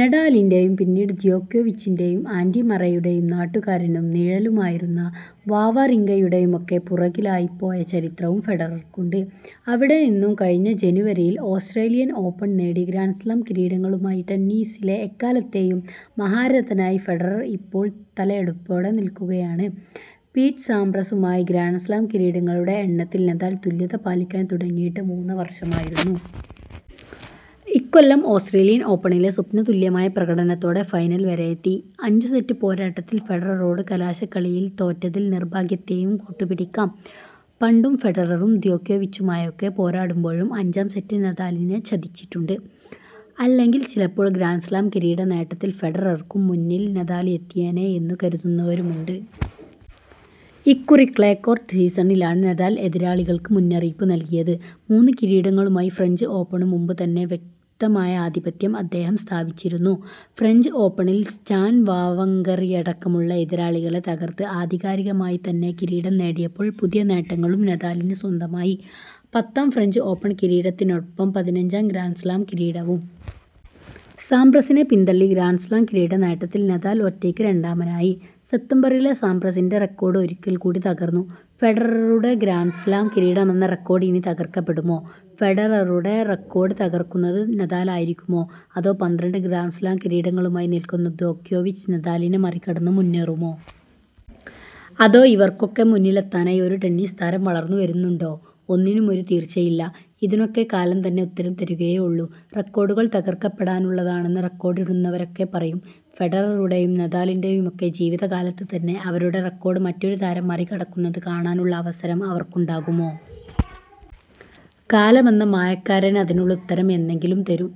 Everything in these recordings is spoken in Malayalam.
നഡാലിന്റെയും പിന്നീട് ദ്യോകോവിച്ചിന്റെയും ആന്ഡി മറേയുടെയും നാട്ടുകാരനും നിഴലുമായിരുന്ന വാവറിങ്കയുടെയുമൊക്കെ പുറകിലായിപ്പോയ ചരിത്രവും ഫെഡറര്ക്കുണ്ട്. അവിടെ നിന്നും കഴിഞ്ഞ ജനവരിയില് ഓസ്ട്രേലിയന് ഓപ്പണ് നേടി ഗ്രാന്ഡ് സ്ലാം കിരീടങ്ങളുമായി ടെന്നീസിലെ എക്കാലത്തെയും മഹാരഥനായി ഫെഡറര് ഇപ്പോള് തലയെടുപ്പോടെ നില്ക്കുകയാണ്. പീറ്റ് സാംപ്രസുമായി ഗ്രാന്ഡ് സ്ലാം കിരീടങ്ങളുടെ എണ്ണത്തില് നഡാല് തുല്യത പാലിക്കാന് തുടങ്ങിയിട്ട് മൂന്ന് വര്ഷമായിരുന്നു. ഇക്കൊല്ലം ഓസ്ട്രേലിയന് ഓപ്പണിലെ സ്വപ്നതുല്യമായ പ്രകടനത്തോടെ ഫൈനല് വരെയെത്തി. അഞ്ചു സെറ്റു പോരാട്ടത്തില് ഫെഡററോട് കലാശക്കളിയില് തോറ്റതില് നിര്ഭാഗ്യത്തെയും കൂട്ടു പിടിക്കാം. പണ്ടും ഫെഡററും ദ്യോകോവിച്ചുമായുമൊക്കെ പോരാടുമ്പോഴും അഞ്ചാം സെറ്റ് നഡാലിനെ ചതിച്ചിട്ടുണ്ട്. അല്ലെങ്കില് ചിലപ്പോള് ഗ്രാന്ഡ് സ്ലാം കിരീട നേട്ടത്തില് ഫെഡറര്ക്കും മുന്നില് നഡാല് എത്തിയേനേ എന്നു കരുതുന്നുവരുമുണ്ട്. ഇക്കുറി ക്ലേ കോര്ട്ട് സീസണിലാണ് നഡാല് എതിരാളികള്ക്ക് മുന്നറിയിപ്പു നല്കിയത്. മൂന്നു കിരീടങ്ങളുമായി ഫ്രഞ്ച് ഓപ്പണു മുമ്പു തന്നെ വ്യക്തമായ ആധിപത്യം അദ്ദേഹം സ്ഥാപിച്ചിരുന്നു. ഫ്രഞ്ച് ഓപ്പണില് സ്റ്റാന് വാവറിങ്കയടക്കമുളള എതിരാളികളെ തകര്ത്ത് ആധികാരികമായി തന്നെ കിരീടം നേടിയപ്പോള് പുതിയ നേട്ടങ്ങളും നഡാലിന് സ്വന്തമായി. പത്താം ഫ്രഞ്ച് ഓപ്പണ് കിരീടത്തിനൊപ്പം പതിനഞ്ചാം ഗ്രാന്ഡ് സ്ലാം കിരീടവും. സാംപ്രസിനെ പിന്തള്ളി ഗ്രാന്ഡ് സ്ലാം കിരീട നേട്ടത്തില് നഡാല് ഒറ്റയ്ക്ക് രണ്ടാമാനായി. സെപ്തംബറിലെ സാംപ്രസിന്റെ റെക്കോഡ് ഒരിക്കല്ക്കൂടി തകര്ന്നു. ഫെഡററുടെ ഗ്രാന്ഡ് സ്ലാം കിരീടമെന്ന റെക്കോഡ് ഇനി തകര്ക്കപ്പെടുമോ. ഫെഡററുടെ റെക്കോഡ് തകര്ക്കുന്നത് നഡാലായിരിക്കുമോ. അതോ പന്ത്രണ്ട് ഗ്രാന്ഡ് സ്ലാം കിരീടങ്ങളുമായി നില്ക്കുന്ന ദ്യോകോവിച്ച് നഡാലിനെ മറികടന്ന് മുന്നേറുമോ. അതോ ഇവര്ക്കൊക്കെ മുന്നിലെത്താനായി ഒരു ടെന്നീസ് താരം വളര്ന്നു വരുന്നുണ്ടോ. ഒന്നിനും ഒരു തീര്ച്ചയില്ല. ഇതിനൊക്കെ കാലം തന്നെ ഉത്തരം തരുകയേ ഉള്ളൂ. റെക്കോഡുകള് തകര്ക്കപ്പെടാനുള്ളതാണെന്ന് റെക്കോഡിടുന്നവരൊക്കെ പറയും. ഫെഡററുടെയും നഡാലിന്റെയുമൊക്കെ ജീവിത കാലത്ത് തന്നെ അവരുടെ റെക്കോഡ് മറ്റൊരു താരം മറികടക്കുന്നതു കാണാനുള്ള അവസരം അവര്ക്കുണ്ടാകുമോ. കാലമെന്ന മായക്കാരന് അതിനുള്ള ഉത്തരം എന്നെങ്കിലും തരും.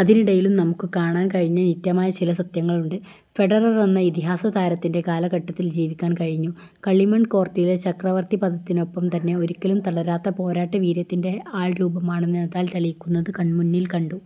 അതിനിടയിലും നമുക്കു കാണാന് കഴിഞ്ഞ നിത്യമായ ചില സത്യങ്ങളുണ്ട്. ഫെഡററെന്ന ഇതിഹാസ താരത്തിന്റെ കാലഘട്ടത്തില് ജീവിക്കാന് കഴിഞ്ഞു. കളിമണ് കോര്ട്ടിലെ ചക്രവര്ത്തി പദത്തിനൊപ്പം തന്നെ ഒരിക്കലും തളരാത്ത പോരാട്ട വീര്യത്തിന്റെ ആള്രൂപമാണെന്ന് നഡാല് തെളിയിക്കുന്നത് കണ്മുമ്പില് കണ്ടു.